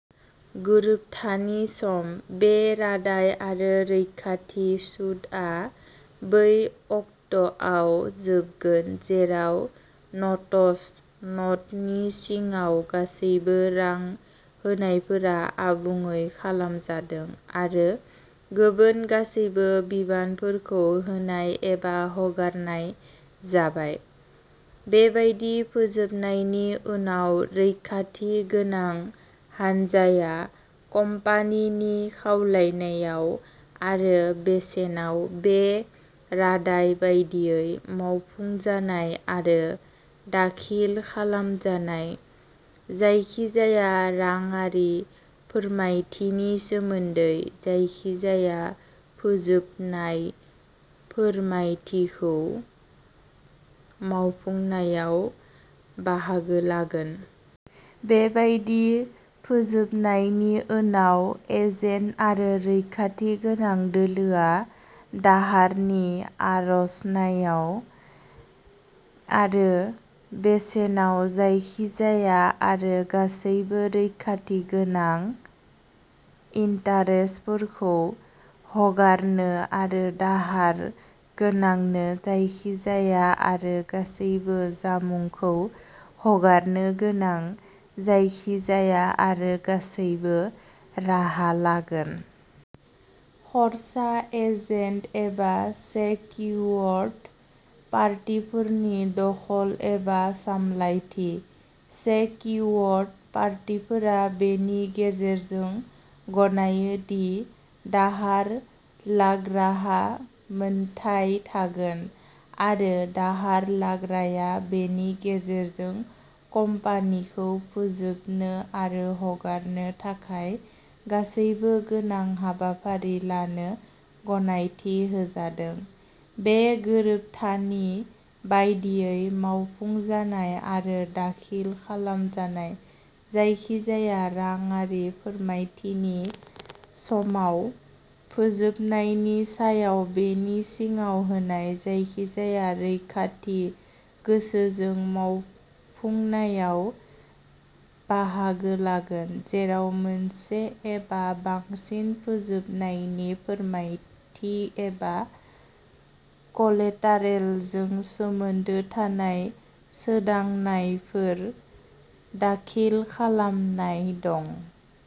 गोरोबथानि सम। बे रादाय आरो रैखाथि सुदआ बै अक्ट'आव जोबगोन जेराव नटस नटनि सिङाव गासिबो रां होनायफोरा आबुङै खालामजादों आरो गुबुन गासैबो बिबानफोरखौ होनाय एबा हगारनाय जाबाय। बेबादि फोजोबनायनि उनाव, रैखाथि गोनां हानजाया, कम्पानिनि खावलायनायाव आरो बेसेनाव, बे रादाय बायदियै मावफुंजानाय आरो दाखिल खालामजानाय जायखिजाया राङारि फोरमायथिनि सोमोनदै जायखिजाया फोजोबनाय फोरमायथिखौ मावफुंनायाव बाहागो लागोन। बेबादि फोजोबनायनि उनाव, एजेन्ट आरो रैखाथि गोनां दोलोआ, दाहारनि आर'जनायाव आरो बेसेनाव, जायखिजाया आरो गासिबो रैखाथि गोनां इन्टारेस्टफोरखौ हगारनो आरो दाहार गोनांनो जायखिजाया आरो गासिबो जामुंखौ हगारनो गोनां जायखिजाया आरो गासिबो राहा लागोन। खर्सा एजेन्ट एबा सेक्युअर्ड पार्टिफोरनि दखल एबा सामलायथि। सेक्युअर्ड पार्टिफोरा बेनि गेजेरजों गनायो दि दाहार लाग्राहा मोनथाय थागोन, आरो दाहार लाग्राया बेनि गेजेरजों कम्पानिखौ फोजोबनो आरो हगारनो थाखाय गासिबो गोनां हाबाफारि लानो गनायथि होजादों, बे गोरोबथानि बायदियै मावफुंजानाय आरो दाखिल खालामजानाय जायखिजाया राङारि फोरमायथिनि सायाव फोजोबनायनि सायाव बेनि सिङाव होनाय जायखिजाया रैखाथि गोसोजों मावफुंनायाव बाहागो लागोन, जेराव मोनसे एबा बांसिन फोजोबनायनि फोरमायथि एबा क'लेटारेलजों सोमोन्दो थानाय सोदांनायफोर दाखिल खालामनाय दं।